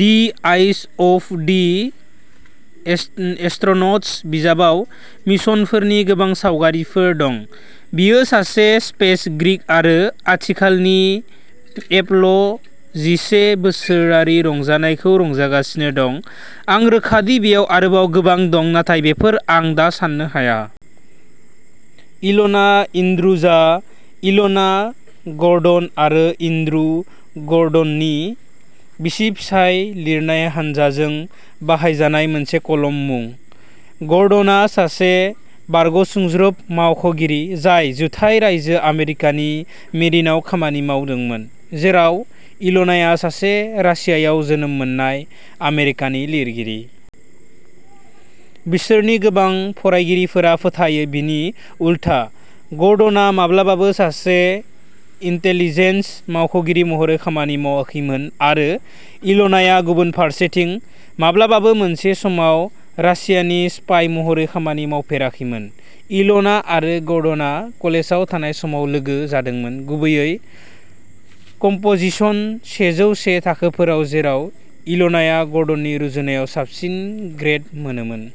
The eyes of the astronauts बिजाबाव मिशनफोरनि गोबां सावगारिफोर दं। बियो सासे स्पेस गीक आरो आथिखालनि एप्ल' जिसे बोसोरारि रंजानायखौ रंजागासिनो दं। आं रोखा दि बेयाव आरोबाव गोबां दं, नाथाय बेफोरो आं दा साननो हायो। इल'ना एन्ड्रुजआ इल'ना गर्डन आरो एन्ड्रु गर्डननि बिसि-फिसाय लिरनाय हानजाजों बाहायजानाय मोनसे कलम मुं। गर्डनआ सासे बारग'सुंज्रोब मावख'गिरि जाय जुथाइ रायजो आमेरिकानि मेरिनआव खामानि मावदोंमोन, जेराव इल'नाया सासे रासियाव जोनोम मोननाय आमेरिकानि लिरगिरि। बिसोरनि गोबां फरायगिरिफोरा फोथायो बिनि उलथा, गर्डनआ माब्लाबाबो सासे इन्टेलिजेन्स मावख'गिरि महरै खामानि मावाखैमोन आरो इल'नाया, गुबुन फारसेथिं, माब्लाबाबो मोनसे समाव रासियानि स्पाइ महरै खामानि मावफेराखैमोन। इल'ना आरो गर्डनआ कलेजाव थानाय समाव लोगो जादोंमोन, गुबैयै कम्प'जिशन सेजौ से थाखोफोराव, जेराव इल'नाया गर्डननि रुजुनायाव साबसिन ग्रेड मोनोमोन।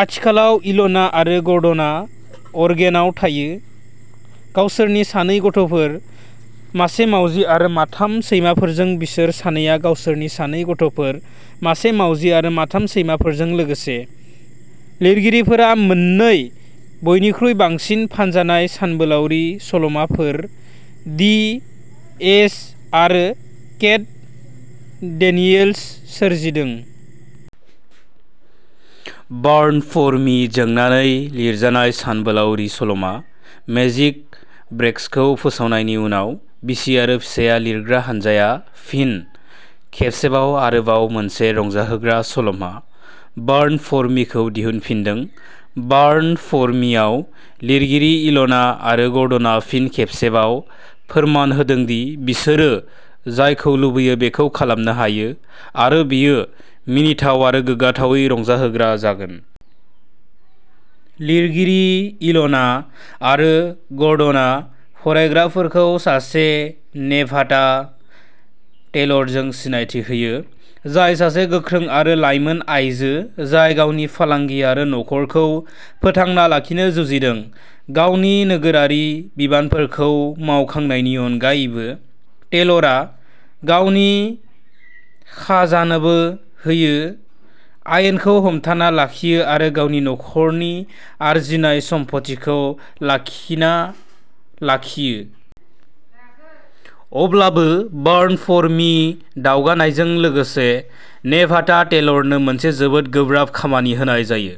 आथिखालाव, इल'ना आरो गर्डनआ अरेगनआव थायो, गावसोरनि सानै गथ'फोर, मासे मावजि आरो माथाम सैमाफोरजों बिसोर सानैया गावसोरनि सानै गथ'फोर, मासे मावजि आरो माथाम सैमाफोरजों लोगोसे। लिरगिरिफोरा मोननै बयनिख्रुइ बांसिन फानजानाय सानबोलावरि सल'माफोर, दि एज आरो केट डेनियल्स सोरजिदों। बार्न फर मि जोंनाङै लिरजानाय सानबोलावरि सल'मा, मेजिक ब्रेक्सखौ फोसावनायनि उनाव, बिसि आरो फिसाय लिरग्रा हानजाया फिन खेबसेबाव आरोबाव मोनसे रंजाहोग्रा सल'मा, बार्न फर मिखौ दिहुनफिनदों। बार्न फर मिआव, लिरगिरि इल'ना आरो गर्डना फिन खेबसेबाव फोरमान होदों दि बिसोरो जायखौ लुबैयो बेखौ खालामनो हायो, आरो बेयो मिनिथाव आरो गोग्गाथावै रंजाहोग्रा जागोन। लिरगिरि इल'ना आरो गर्डना फरायग्राफोरखौ सासे नेभाडा टेलरजों सिनायथि होयो, जाय सासे गोख्रों आरो लाइमोन आइजो, जाय गावनि फालांगि आरो नखरखौ फोथांना लाखिनो जुजिदों। गावनि नोगोरारि बिबानफोरखौ मावखांनायनि अनगायैबो, टेलरा गावनि खाजोनाबो होयो, आयेनखौ हमथाना लाखियो आरो गावनि नखरनि आरजिनाय सम्फथिखौ लाखिना लाखियो। अब्लाबो, बार्न फर मि दावगानायजों लोगोसे, नेभाडा टेलरनो मोनसे जोबोद गोब्राब खामानि होनाय जायो,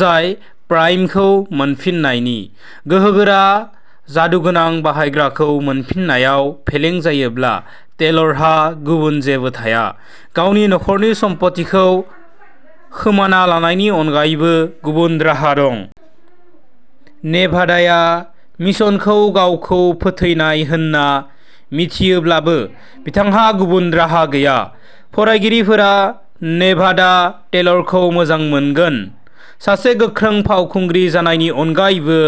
जाय प्राइमखौ मोनफिन्नायनि। गोहोगोरा जादुगोनां बाहायग्राखौ मोनफिन्नायाव फेलें जायोब्ला, टेलारहा गुबुन जेबो थाया। गावनि नखरनि सम्फथिखौ खोमाना लानायनि अनगायै गुबुन राहा दं। नेभादाया मिशनखौ गावखौ फोथैनाय होन्ना मिथियोब्लाबो, बिथांहा गुबुन राहा गैया। फरायगिरिफोरा नेभादा टेलरखौ मोजां मोनगोन। सासे गोख्रों फावखुंग्रि जानायनि अनगायैबो,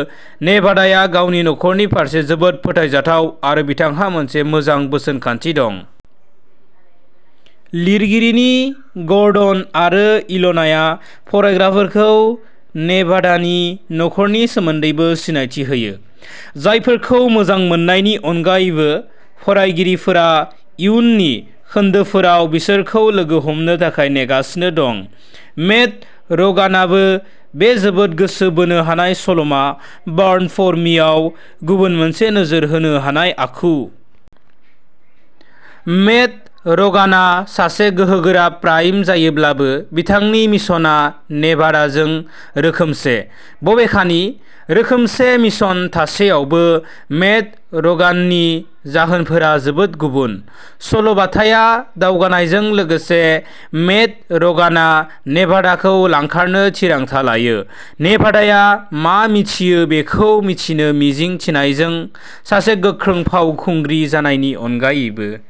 नेभादाया गावनि नखरनि फारसे जोबोद फोथायजाथाव आरो बिथांहा मोनसे मोजां बोसोन खान्थि दं। लिरगिरिनि ग'र्डन आरो इल'नाया फरायग्राफोरखौ नेभादानि नखरनि सोमोन्दैबो सिनायथि होयो, जायफोरखौ मोजां मोननायनि अनगायैबो, फरायगिरिफोरा इयुननि खोन्दोफोराव बिसोरखौ लोगो हमनो थाखाय नेगासिनो दं। मेड र'गानाबो बे जोबोद गोसो बोनो हानाय सल'मा, बार्न फर मिआव गुबुन मोनसे नोजोर होनो हानाय आखु। मेड र'गानआ सासे गोहोगोरा प्राइम जायोब्लाबो, बिथांनि मिशनआ नेभादाजों रोखोमसे। बबेखानि, रोखोमसे मिशन थासेयावबो, मेड र'गाननि जाहोनफोरा जोबोद गुबुन। सल'बाथाया दावगानायजों लोगोसे, मेड र'गानआ नेभादाखौ लांखारनो थिरांथा लायो, नेभादाया मा मिथियो बेखौ मिथिनो मिजिं थिनायजों। सासे गोख्रों फावखुंग्रि जानायनि अनगायैबो।